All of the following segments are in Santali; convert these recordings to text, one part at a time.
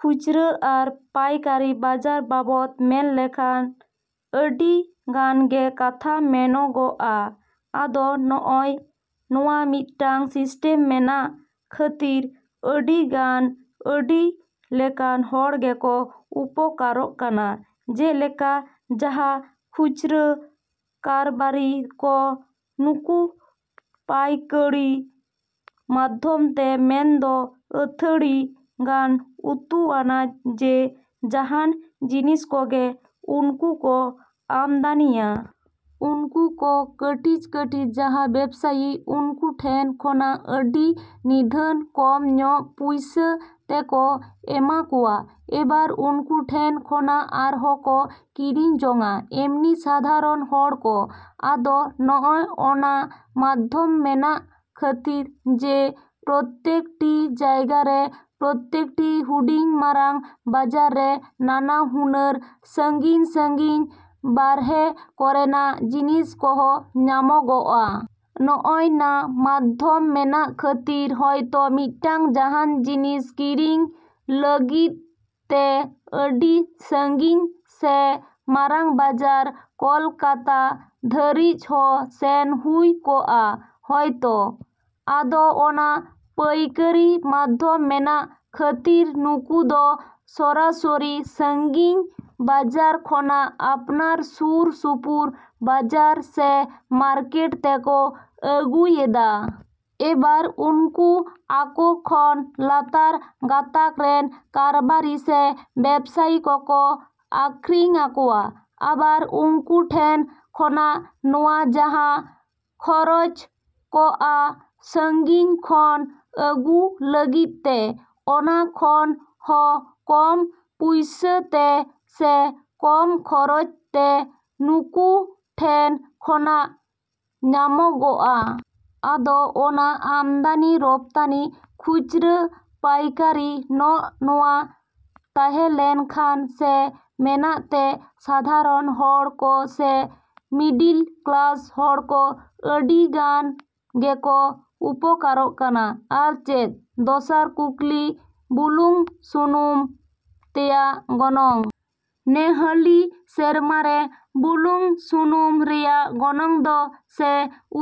ᱠᱷᱩᱪᱨᱟᱹ ᱟᱨ ᱯᱟᱭᱠᱟᱨᱤ ᱵᱟᱡᱟᱨ ᱵᱟᱵᱚᱫ ᱢᱮᱱ ᱞᱮᱠᱷᱟᱱ ᱟᱹᱰᱤ ᱜᱟᱱ ᱜᱮ ᱠᱟᱛᱷᱟ ᱢᱮᱱᱚᱜᱚᱜᱼᱟ᱾ ᱟᱫᱚ ᱱᱚᱜᱼᱚᱭ ᱱᱚᱣᱟ ᱢᱤᱫᱴᱟᱝ ᱥᱤᱥᱴᱮᱢ ᱢᱮᱱᱟᱜ ᱠᱷᱟᱹᱛᱤᱨ ᱟᱹᱰᱤ ᱜᱟᱱ ᱟᱹᱰᱤ ᱞᱮᱠᱟᱱ ᱦᱚᱲ ᱜᱮᱠᱚ ᱩᱯᱚᱠᱟᱨᱚᱜ ᱠᱟᱱᱟ᱾ ᱡᱮᱞᱮᱠᱟ ᱡᱟᱦᱟᱸ ᱠᱷᱩᱪᱨᱟᱹ ᱠᱟᱨᱵᱟᱨᱤ ᱠᱚ ᱱᱩᱠᱩ ᱯᱟᱭᱠᱟᱹᱨᱤ ᱢᱟᱫᱽᱫᱷᱚᱢ ᱛᱮ ᱢᱮᱱ ᱫᱚ ᱟᱹᱛᱷᱟᱹᱲᱤ ᱜᱟᱱ ᱩᱛᱩ ᱟᱱᱟᱡᱽ ᱡᱮ ᱡᱟᱦᱟᱱ ᱡᱤᱱᱤᱥ ᱠᱚᱜᱮ ᱩᱱᱠᱩ ᱠᱚ ᱟᱢᱫᱟᱱᱤᱭᱟ᱾ ᱩᱱᱠᱩ ᱠᱚ ᱠᱟᱹᱴᱤᱡ ᱠᱟᱹᱴᱤᱡ ᱡᱟᱦᱟᱸ ᱵᱮᱵᱥᱟᱭᱤ ᱩᱱᱠᱩ ᱴᱷᱮᱱ ᱠᱷᱚᱱᱟᱜ ᱟᱹᱰᱤ ᱱᱤᱫᱷᱟᱹᱱ ᱠᱚᱢ ᱧᱚᱜ ᱯᱩᱭᱥᱟᱹ ᱛᱮᱠᱚ ᱮᱢᱟ ᱠᱚᱣᱟ᱾ ᱮᱵᱟᱨ ᱩᱱᱠᱩ ᱴᱷᱮᱱ ᱠᱷᱚᱱᱟᱜ ᱟᱨᱦᱚᱸ ᱠᱚ ᱠᱤᱨᱤᱧ ᱡᱚᱝᱼᱟ ᱮᱢᱱᱤ ᱥᱟᱫᱷᱟᱨᱚᱱ ᱦᱚᱲ ᱠᱚ᱾ ᱟᱫᱚ ᱱᱚᱜᱼᱚᱱᱟ ᱢᱟᱫᱽᱫᱷᱚᱢ ᱢᱮᱱᱟᱜ ᱠᱷᱟᱹᱛᱤᱨ ᱡᱮ ᱯᱨᱚᱛᱮᱠ ᱴᱤ ᱡᱟᱭᱜᱟ ᱨᱮ, ᱯᱨᱚᱛᱮᱠ ᱴᱤ ᱦᱩᱰᱤᱧ ᱢᱟᱨᱟᱝ ᱵᱟᱡᱟᱨ ᱨᱮ ᱱᱟᱱᱟ ᱦᱩᱱᱟᱹᱨ ᱥᱟᱺᱜᱤᱧᱼᱥᱟᱺᱜᱤᱧ ᱵᱟᱨᱦᱮ ᱠᱚᱨᱮᱱᱟᱜ ᱡᱤᱱᱤᱥ ᱠᱚᱦᱚᱸ ᱧᱟᱢᱚᱜᱚᱜᱼᱟ᱾ ᱱᱚᱜᱼᱚᱭ ᱱᱟ ᱢᱟᱫᱽᱫᱷᱚᱢ ᱢᱮᱱᱟᱜ ᱠᱷᱟᱹᱛᱤᱨ ᱦᱚᱭᱛᱚ ᱢᱤᱫᱴᱟᱝ ᱡᱟᱦᱟᱱ ᱡᱤᱱᱤᱥ ᱠᱤᱨᱤᱧ ᱞᱟᱹᱜᱤᱫ ᱛᱮ ᱟᱹᱰᱤ ᱥᱟᱺᱜᱤᱧ ᱥᱮ ᱢᱟᱨᱟᱝ ᱵᱟᱡᱟᱨ ᱠᱚᱞᱠᱟᱛᱟ ᱫᱷᱟᱹᱨᱤᱡ ᱦᱚᱸ ᱥᱮᱱ ᱦᱩᱭ ᱠᱚᱜᱼᱟ ᱦᱚᱭᱛᱚ᱾ ᱟᱫᱚ ᱚᱱᱟ ᱯᱟᱹᱭᱠᱟᱹᱨᱤ ᱢᱟᱫᱽᱫᱷᱚᱢ ᱢᱮᱱᱟᱜ ᱠᱷᱟᱹᱛᱤᱨ ᱱᱩᱠᱩ ᱫᱚ ᱥᱚᱨᱟᱥᱚᱨᱤ ᱥᱟᱺᱜᱤᱧ ᱵᱟᱡᱟᱨ ᱠᱷᱚᱱᱟᱜ ᱟᱯᱱᱟᱨ ᱥᱩᱨ ᱥᱩᱯᱩᱨ ᱵᱟᱡᱟᱨ ᱥᱮ ᱢᱟᱨᱠᱮᱴ ᱛᱮᱠᱚ ᱟᱹᱜᱩᱭᱮᱫᱟ᱾ ᱮᱵᱟᱨ ᱩᱱᱠᱩ ᱟᱠᱚ ᱠᱷᱚᱱ ᱞᱟᱛᱟᱨ ᱜᱟᱛᱟᱠ ᱨᱮᱱ ᱠᱟᱨᱵᱟᱨᱤ ᱥᱮ ᱵᱮᱵᱥᱟᱭᱤ ᱠᱚ ᱠᱚ ᱟᱠᱷᱨᱤᱧ ᱟᱠᱚᱣᱟ᱾ ᱟᱵᱟᱨ ᱩᱱᱠᱩ ᱴᱷᱮᱱ ᱠᱷᱚᱱᱟᱜ ᱱᱚᱣᱟ ᱡᱟᱦᱟᱸ ᱠᱷᱚᱨᱚᱡᱽ ᱠᱚᱜᱼᱟ ᱥᱟᱺᱜᱤᱧ ᱠᱷᱚᱱ ᱟᱹᱜᱩ ᱞᱟᱹᱜᱤᱫ ᱛᱮ ᱚᱱᱟ ᱠᱷᱚᱱ ᱦᱚᱸ ᱠᱚᱢ ᱯᱩᱭᱥᱟᱹ ᱛᱮ ᱥᱮ ᱠᱚᱢ ᱠᱷᱚᱨᱚᱪ ᱛᱮ ᱱᱩᱠᱩ ᱴᱷᱮᱱ ᱠᱷᱚᱱᱟᱜ ᱧᱟᱢᱚᱜᱚᱜᱼᱟ᱾ ᱟᱫᱚ ᱚᱱᱟ ᱟᱢᱫᱟᱱᱤ ᱨᱚᱯᱛᱟᱱᱤ ᱠᱷᱩᱪᱨᱟᱹ ᱯᱟᱭᱠᱟᱨᱤ ᱱᱚᱜᱼᱱᱚᱭᱟ ᱛᱟᱦᱮᱸ ᱞᱮᱱ ᱠᱷᱟᱱ ᱥᱮ ᱢᱮᱱᱟᱜ ᱛᱮ, ᱥᱟᱫᱷᱟᱨᱚᱱ ᱦᱚᱲ ᱠᱚ ᱥᱮ, ᱢᱤᱰᱤᱞ ᱠᱞᱟᱥ ᱦᱚᱲ ᱠᱚ, ᱟᱹᱰᱤ ᱜᱟᱱ ᱜᱮᱠᱚ ᱩᱯᱚᱠᱟᱨᱚᱜ ᱠᱟᱱᱟ᱾ ᱟᱨ ᱪᱮᱫ? ᱫᱚᱥᱟᱨ ᱠᱩᱠᱞᱤ ᱵᱩᱞᱩᱝ ᱥᱩᱱᱩᱢ ᱛᱮᱭᱟᱜ ᱜᱚᱱᱚᱝ᱾ ᱱᱮᱦᱟᱹᱞᱤ ᱥᱮᱨᱢᱟ ᱨᱮ ᱵᱩᱞᱩᱝ ᱥᱩᱱᱩᱢ ᱨᱮᱭᱟᱜ ᱜᱚᱱᱚᱝ ᱫᱚ ᱥᱮ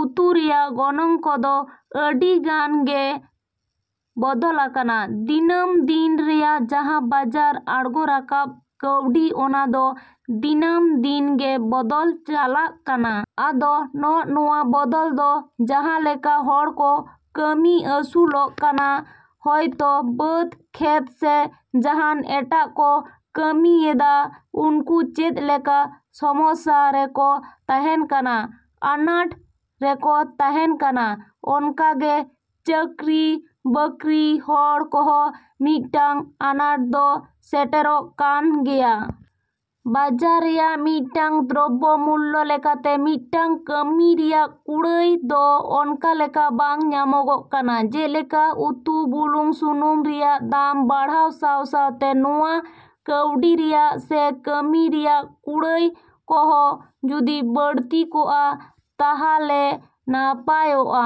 ᱩᱛᱩ ᱨᱮᱭᱟᱜ ᱜᱚᱱᱚᱝ ᱠᱚᱫᱚ ᱟᱹᱰᱤ ᱜᱟᱱ ᱜᱮ ᱵᱚᱫᱚᱞ ᱟᱠᱟᱱᱟ᱾ ᱫᱤᱱᱟᱹᱢ ᱫᱤᱱ ᱨᱮᱭᱟᱜ ᱡᱟᱦᱟᱸ ᱵᱟᱡᱟᱨ ᱟᱬᱜᱚ ᱨᱟᱠᱟᱵ ᱠᱟᱹᱣᱰᱤ ᱚᱱᱟ ᱫᱚ, ᱫᱤᱱᱟᱢ ᱫᱤᱱ ᱜᱮ ᱵᱚᱫᱚᱞ ᱪᱟᱞᱟᱜ ᱠᱟᱱᱟ᱾ ᱟᱫᱚ ᱱᱚᱜᱼᱱᱚᱭᱟ ᱵᱚᱫᱚᱞ ᱫᱚ ᱡᱟᱦᱟᱸ ᱞᱮᱠᱟ ᱦᱚᱲ ᱠᱚ ᱠᱟᱹᱢᱤ ᱟᱹᱥᱩᱞᱚᱜ ᱠᱟᱱᱟ, ᱦᱚᱭᱛᱚ ᱵᱟᱹᱫᱽ ᱠᱷᱮᱛ ᱥᱮ ᱡᱟᱦᱟᱱ ᱮᱴᱟᱜ ᱠᱚ ᱠᱟᱹᱢᱤᱭᱮᱫᱟ ᱩᱱᱠᱩ ᱪᱮᱫ ᱞᱮᱠᱟ ᱥᱚᱢᱚᱥᱟ ᱨᱮᱠᱚ ᱛᱟᱦᱮᱱ ᱠᱟᱱᱟ, ᱟᱸᱱᱟᱴ ᱨᱮᱠᱚ ᱛᱟᱦᱮᱱ ᱠᱟᱱᱟ ᱚᱱᱠᱟ ᱜᱮ, ᱪᱟᱹᱠᱨᱤ ᱵᱟᱹᱠᱨᱤ ᱦᱚᱲ ᱠᱚᱦᱚᱸ ᱢᱤᱫᱴᱟᱝ ᱟᱸᱱᱟᱴ ᱫᱚ ᱥᱮᱴᱮᱨᱚᱜ ᱠᱟᱱ ᱜᱮᱭᱟ᱾ ᱵᱟᱡᱟᱨ ᱨᱮᱭᱟᱜ ᱢᱤᱫᱴᱟᱝ ᱫᱨᱚᱵᱵᱚ ᱢᱩᱞᱞᱚ ᱞᱮᱠᱟ ᱛᱮ ᱢᱤᱫᱴᱟᱝ ᱠᱟᱹᱢᱤ ᱨᱮᱭᱟᱜ ᱠᱩᱲᱟᱹᱭ ᱫᱚ ᱚᱱᱠᱟ ᱞᱮᱠᱟ ᱵᱟᱝ ᱧᱟᱢᱚᱜᱚᱜ ᱠᱟᱱᱟ᱾ ᱡᱮᱞᱮᱠᱟ ᱩᱛᱩ ᱵᱩᱞᱩᱝ ᱥᱩᱱᱩᱢ ᱨᱮᱭᱟᱜ ᱫᱟᱢ ᱵᱟᱲᱦᱟᱣ ᱥᱟᱸᱶᱼᱥᱟᱸᱶᱛᱮ ᱱᱚᱣᱟ ᱠᱟᱹᱣᱰᱤ ᱨᱮᱭᱟᱜ ᱥᱮ ᱠᱟᱹᱢᱤ ᱨᱮᱭᱟᱜ ᱠᱩᱲᱟᱹᱭ ᱠᱚᱦᱚᱸ ᱡᱩᱫᱤ ᱵᱟᱹᱲᱛᱤ ᱠᱚᱜ -ᱟ ᱛᱟᱦᱟᱞᱮ ᱱᱟᱯᱟᱭᱚᱜ-ᱟ᱾